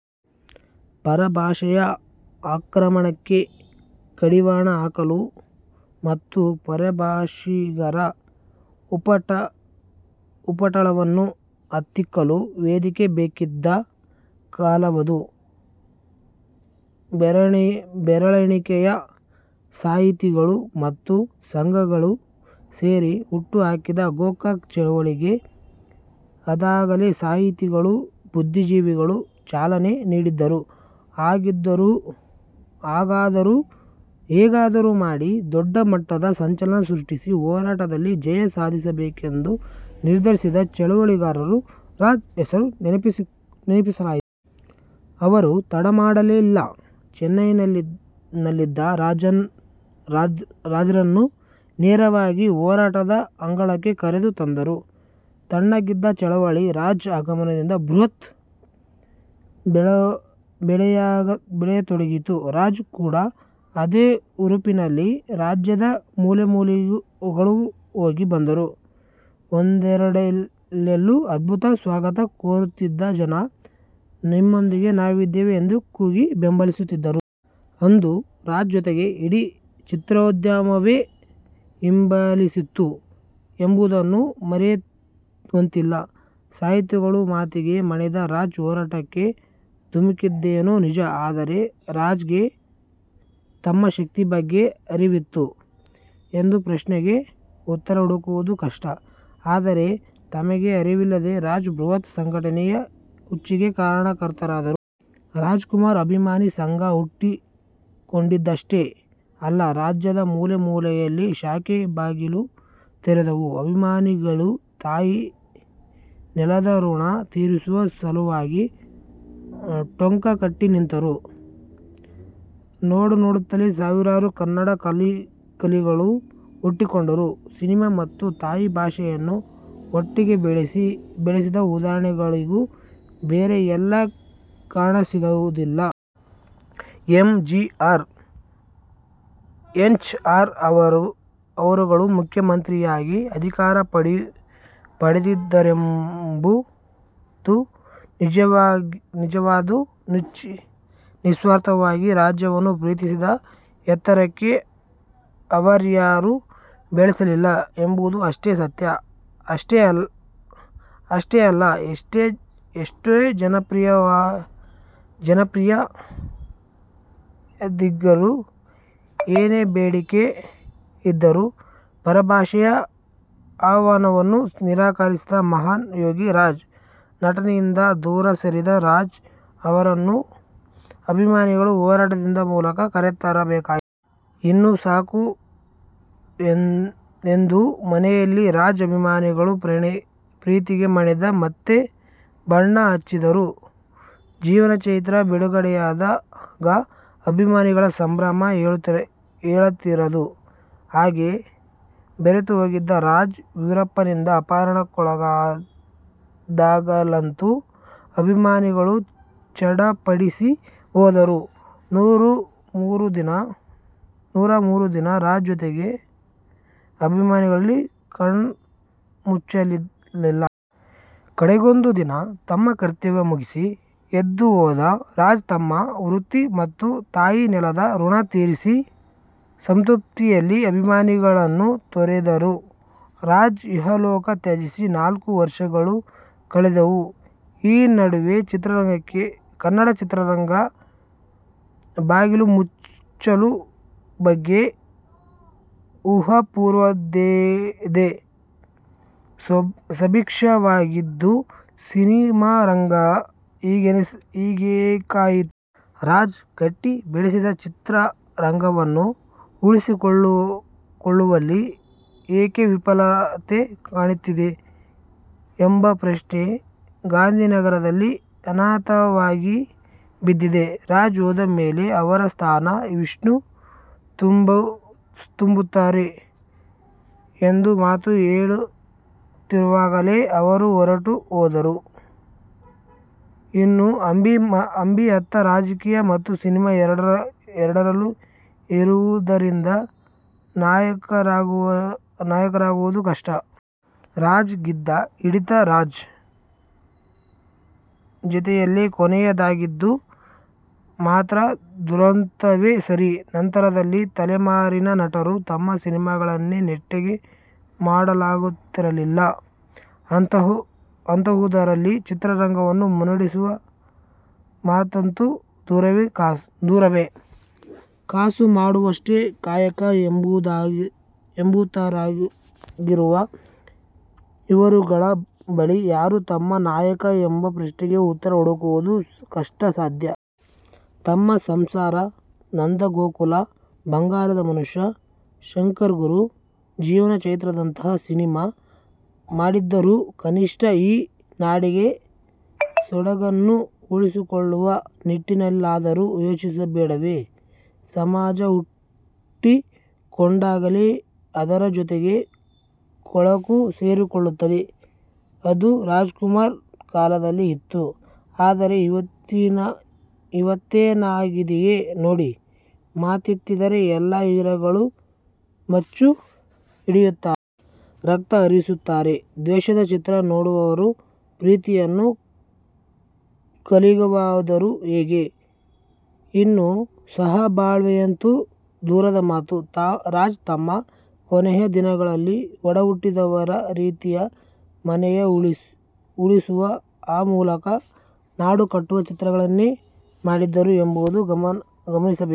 ಪರಭಾಷೆಯ ಆಕ್ರಮಣಕ್ಕೆ ಕಡಿವಾಣ ಹಾಕಲು ಮತ್ತು ಪರಭಾಷಿಗರ ಉಪಟಳವನ್ನು ಹತ್ತಿಕ್ಕಲು ವೇದಿಕೆ ಬೇಕಿದ್ದ ಕಾಲವದು. ಬೆರಳೆಣಿಕೆಯ ಸಾಹಿತಿಗಳು ಮತ್ತು ಸಂಘಟಕರು ಸೇರಿ ಹುಟ್ಟು ಹಾಕಿದ ಗೋಕಾಕ್ ಚಳವಳಿಗೆ ಅದಾಗಲೇ ಸಾಹಿತಿಗಳು, ಬುದ್ಧಿಜೀವಿಗಳು ಚಾಲನೆ ನೀಡಿದ್ದರು. ಹೇಗಾದರೂ ಮಾಡಿ ದೊಡ್ಡ ಮಟ್ಟದ ಸಂಚಲನ ಸೃಷ್ಠಿಸಿ ಹೋರಾಟದಲ್ಲಿ ಜಯ ಸಾಧಿಸಲೇಬೇಕೆಂದು ನಿರ್ಧರಿಸಿದ್ದ ಚಳಿವಳಿಗಾರರಿಗೆ ರಾಜ್ ಹೆಸರು ನೆನಪಾಯಿತು. ಅವರು ತಡಮಾಡಲಿಲ್ಲ. ಚೆನ್ನೈನಲ್ಲಿದ್ದ ರಾಜ್ರನ್ನು ನೇರವಾಗಿ ಹೋರಾಟದ ಅಂಗಳಕ್ಕೆ ಕರೆದು ತಂದರು. ತಣ್ಣಗಿದ್ದ ಚಳವಳಿ ರಾಜ್ ಆಗಮನದಿಂದ ಬೃಹತ್ತಾಗಿ ಬೆಳೆಯತೊಡಗಿತು. ರಾಜ್ ಕೂಡ ಅದೇ ಹುರುಪಿನಲ್ಲಿ ರಾಜ್ಯದ ಮೂಲೆಮೂಲೆಗಳು ಹೋಗಿ ಬಂದರು. ಹೋದೆಡೆಯಲೆಲ್ಲಾ ಅದ್ಭುತ ಸ್ವಾಗತ ಕೋರುತ್ತಿದ್ದ ಜನ ನಿಮ್ಮೊಂದಿಗೆ ನಾವಿದ್ದೇವೆ ಎಂದು ಕೂಗಿ ಬೆಂಬಲಿಸುತ್ತಿದ್ದರು. ಅಂದು ರಾಜ್ ಜೊತೆಗೆ ಇಡೀ ಚಿತ್ರೋದ್ಯಮವೇ ಹಿಂಬಾಲಿಸಿತ್ತು ಎಂಬುದನ್ನು ಮರೆಯುವಂತಿಲ್ಲ. ಸಾಹಿತಿಗಳ ಮಾತಿಗೆ ಮಣಿದ ರಾಜ್ ಹೋರಾಟಕ್ಕೆ ಧುಮುಕ್ಕಿದ್ದೇನೋ ನಿಜ. ಆದರೆ ರಾಜ್ಗೆ ತಮ್ಮ ಶಕ್ತಿಯ ಬಗ್ಗೆ ಅರಿವಿತ್ತೆ? ಎಂಬ ಪ್ರಶ್ನೆಗೆ ಉತ್ತರ ಹುಡುಕುವುದು ಕಷ್ಟ. ಆದರೆ, ತಮಗೇ ಅರಿವಿಲ್ಲದೆ ರಾಜ್, ಬೃಹತ್ ಸಂಘಟನೆಯ ಹುಟ್ಟಿಗೆ ಕಾರಣಕರ್ತರಾದರು. ರಾಜ್ಕುಮಾರ್ ಅಭಿಮಾನಿ ಸಂಘ ಹುಟ್ಟಿಕೊಂಡಿದ್ದಷ್ಟೇ ಅಲ್ಲ. ರಾಜ್ಯದ ಮೂಲೆ ಮೂಲೆಯಲ್ಲಿ ಶಾಖೆಗಳು ಬಾಗಿಲು ತೆರೆದವು. ಅಭಿಮಾನಿಗಳು ತಾಯಿ ನೆಲದ ಋಣ ತೀರಿಸುವ ಸಲುವಾಗಿ ಟೊಂಕ ಕಟ್ಟಿ ನಿಂತರು. ನೋಡನೋಡುತ್ತಲೇ ಸಾವಿರಾರು ಕನ್ನಡ ಕಲಿಗಳು ಹುಟ್ಟಿಕೊಂಡರು. ಸಿನಿಮಾ ಮತ್ತು ತಾಯಿ ಭಾಷೆಯನ್ನು ಒಟ್ಟಿಗೆ ಬೆಳೆಸಿದ ಉದಾಹರಣೆಗಳೂ ಬೇರೆ ಎಲ್ಲೂ ಕಾಣಸಿಗುವುದಿಲ್ಲ. ಎಂಜಿಆರ್, ಎನ್ಟಿಆರ್ ಅವರುಗಳು ಮುಖ್ಯಮಂತ್ರಿಯಾಗಿ ಅಧಿಕಾರ ಪಡೆದರೆಂಬುದು ನಿಜವಾದರೂ, ನಿಸ್ವಾರ್ಥವಾಗಿ ರಾಜ್ಯವನ್ನು ಪ್ರೀತಿಸಿದ ಎತ್ತರಕ್ಕೆ ಅವರ್ಯಾರು ಬೆಳೆಯಲಿಲ್ಲ ಎಂಬುದು ಅಷ್ಟೇ ಸತ್ಯ. ಅಷ್ಟೇ ಅಲ್ಲ ಎಷ್ಟೇ ಜನಪ್ರಿಯತೆಯಿದ್ದಾಗಲೂ, ಏನೇ ಬೇಡಿಕೆ ಇದ್ದರೂ ಪರಭಾಷೆಯ ಆಹ್ವಾನವನ್ನು ನಿರಾಕರಿಸಿದ ಮಹಾನ್ ಯೋಗಿ ರಾಜ್. ನಟನೆಯಿಂದ ದೂರ ಸರಿದ ರಾಜ್ ಅವರನ್ನು ಅಭಿಮಾನಿಗಳು ಹೋರಾಟದ ಮೂಲಕ ಕರೆತರಬೇಕಾಯಿತು. ಇನ್ನು ಸಾಕು ಎಂದು ಮನೆಯಲ್ಲಿದ್ದ ರಾಜ್, ಅಭಿಮಾನಿಗಳ ಪ್ರೀತಿಗೆ ಮಣಿದು ಮತ್ತೆ ಬಣ್ಣ ಹಚ್ಚಿದರು. ಜೀವನ ಚೈತ್ರ ಬಿಡುಗಡೆಯಾದಾಗ ಅಭಿಮಾನಿಗಳ ಸಂಭ್ರಮ ಹೇಳತೀರದು. ಹಾಗೆ ಬೆರತು ಹೋಗಿದ್ದ ರಾಜ್ ವೀರಪ್ಪನ್ನಿಂದ ಅಪಹರಣಕ್ಕೊಳಗಾದಾಗಲಂತೂ ಅಭಿಮಾನಿಗಳು ಚಡಪಡಿಸಿ ಹೋದರು. ನೂರ ಮೂರು ದಿನ ರಾಜ್ ಜೊತೆಗೆ ಅಭಿಮಾನಿಗಳು ಕಣ್ಣುಮುಚ್ಚಲಿಲ್ಲ. ಕಡೆಗೊಂದು ದಿನ ತಮ್ಮ ಕರ್ತವ್ಯ ಮುಗಿಸಿ ಎದ್ದು ಹೋದ ರಾಜ್ ತಮ್ಮ ವೃತ್ತಿ ಮತ್ತು ತಾಯಿ ನೆಲದ ಋಣ ತೀರಿಸಿದ ಸಂತೃಪ್ತಿಯಲ್ಲಿ ಅಭಿಮಾನಿಗಳನ್ನು ತೊರೆದರು. ರಾಜ್ ಇಹಲೋಕ ತ್ಯಜಿಸಿ ನಾಲ್ಕು ವರ್ಷಗಳು ಕಳೆದಿವೆ. ಈ ನಡುವೆ ಕನ್ನಡ ಚಿತ್ರರಂಗ ಬಾಗಿಲು ಮುಚ್ಚುವ ಬಗ್ಗೆ ಊಹಾಪೋಹವೆದ್ದಿದೆ. ಸುಭಿಕ್ಷವಾಗಿದ್ದ ಸಿನಿಮಾರಂಗ ಹೀಗೇಕಾಯಿತು. ರಾಜ್ ಕಟ್ಟಿ ಬೆಳೆಸಿದ ಚಿತ್ರರಂಗವನ್ನು ಉಳಿಸಿಕೊಳ್ಳುವಲ್ಲಿ ಏಕೆ ವಿಫಲತೆ ಕಾಣುತ್ತಿದೆ? ಎಂಬ ಪ್ರಶ್ನೆ ಗಾಂಧಿನಗರದಲ್ಲಿ ಅನಾಥವಾಗಿ ಬಿದ್ದಿದೆ. ರಾಜ್ ಹೋದ ಮೇಲೆ ಅವರ ಸ್ಥಾನ ವಿಷ್ಣು ತುಂಬುತ್ತಾರಾ? ಎಂಬ ಮಾತು ಏಳುತ್ತಿರುವಾಗಲೇ ಅವರು ಹೊರಟು ಹೋದರು. ಇನ್ನು ಅಂಬಿ, ಅತ್ತ ರಾಜಕೀಯ ಮತ್ತು ಸಿನಿಮಾ ಎರಡರಲ್ಲೂ ಇರುವುದರಿಂದ ನಾಯಕರಾಗುವುದು ಕಷ್ಟ. ರಾಜ್ ಗಿದ್ದ ಹಿಡಿತ ರಾಜ್ ಜತೆಯಲ್ಲೇ ಕೊನೆಯಾಗಿದ್ದು ಮಾತ್ರ ದುರಂತವೇ ಸರಿ. ನಂತರದ ತಲೆಮಾರಿನ ನಟರು ತಮ್ಮ ಸಿನಿಮಾಗಳನ್ನೇ ನೆಟ್ಟಗೆ ಮಾಡಲಾಗುತ್ತಿಲ್ಲ. ಅಂತಹುದರಲ್ಲಿ ಚಿತ್ರರಂಗವನ್ನು ಮುನ್ನಡೆಸುವ ಮಾತಂತೂ ದೂರವೇ. ಕಾಸು ಮಾಡೋದಷ್ಟೇ ಕಾಯಕ ಎಂಬಂತಾಗಿರುವ ಇವರುಗಳ ಬಳಿ ಯಾರು ನಮ್ಮ ನಾಯಕ ಎಂಬ ಪ್ರಶ್ನೆಗೆ ಉತ್ತರ ಹುಡುಕುವುದು ಕಷ್ಟಸಾಧ್ಯ. ನಮ್ಮ ಸಂಸಾರ, ನಂದಗೋಕುಲ, ಬಂಗಾರದ ಮನುಷ್ಯ, ಶಂಕರ್ಗುರು, ಜೀವನ ಚೈತ್ರದಂತಹ ಸಿನಿಮಾ ಮಾಡದಿದ್ದರೂ, ಕನಿಷ್ಠ ಈ ನಾಡಿನ ಸೊಗಡನ್ನು ಉಳಿಸಿಕೊಳ್ಳುವ ನಿಟ್ಟಿನಲ್ಲಾದರೂ ಯೋಚಿಸಬೇಡವೇ. ಸಮಾಜ ಹುಟ್ಟಿಕೊಂಡಾಗಲೇ ಅದರ ಜತೆಗೆ ಕೊಳಕು ಸೇರಿಕೊಳ್ಳುತ್ತದೆ. ಅದು ರಾಜ್ಕುಮಾರ್ ಕಾಲದಲ್ಲೂ ಇತ್ತು. ಆದರೆ, ಈವತ್ತೇನಾಗಿದೆಯೋ ನೋಡಿ. ಮಾತೆತ್ತಿದ್ದರೆ ಎಲ್ಲಾ ಹೀರೋಗಳು ಮಚ್ಚು ಹಿಡಿಯುತ್ತಾರೆ. ರಕ್ತ ಹರಿಸುತ್ತಾರೆ. ದ್ವೇಷದ ಚಿತ್ರ ನೋಡುವವರು ಪ್ರೀತಿಯನ್ನು ಕಲಿಯುವುದಾದರೂ ಹೇಗೆ? ಇನ್ನು ಸಹಬಾಳ್ವೆಯಂತೂ ದೂರದ ಮಾತು. ರಾಜ್ ತಮ್ಮ ಕೊನೆಯ ದಿನಗಳಲ್ಲೂ ಒಡಹುಟ್ಟಿದವರು ರೀತಿಯ ಮನೆ ಉಳಿಸುವ, ಆ ಮೂಲಕ ನಾಡು ಕಟ್ಟುವ ಚಿತ್ರಗಳನ್ನಷ್ಟೇ ಮಾಡಿದರು ಎಂಬುದನ್ನು ಗಮನಿಸಬೇಕು.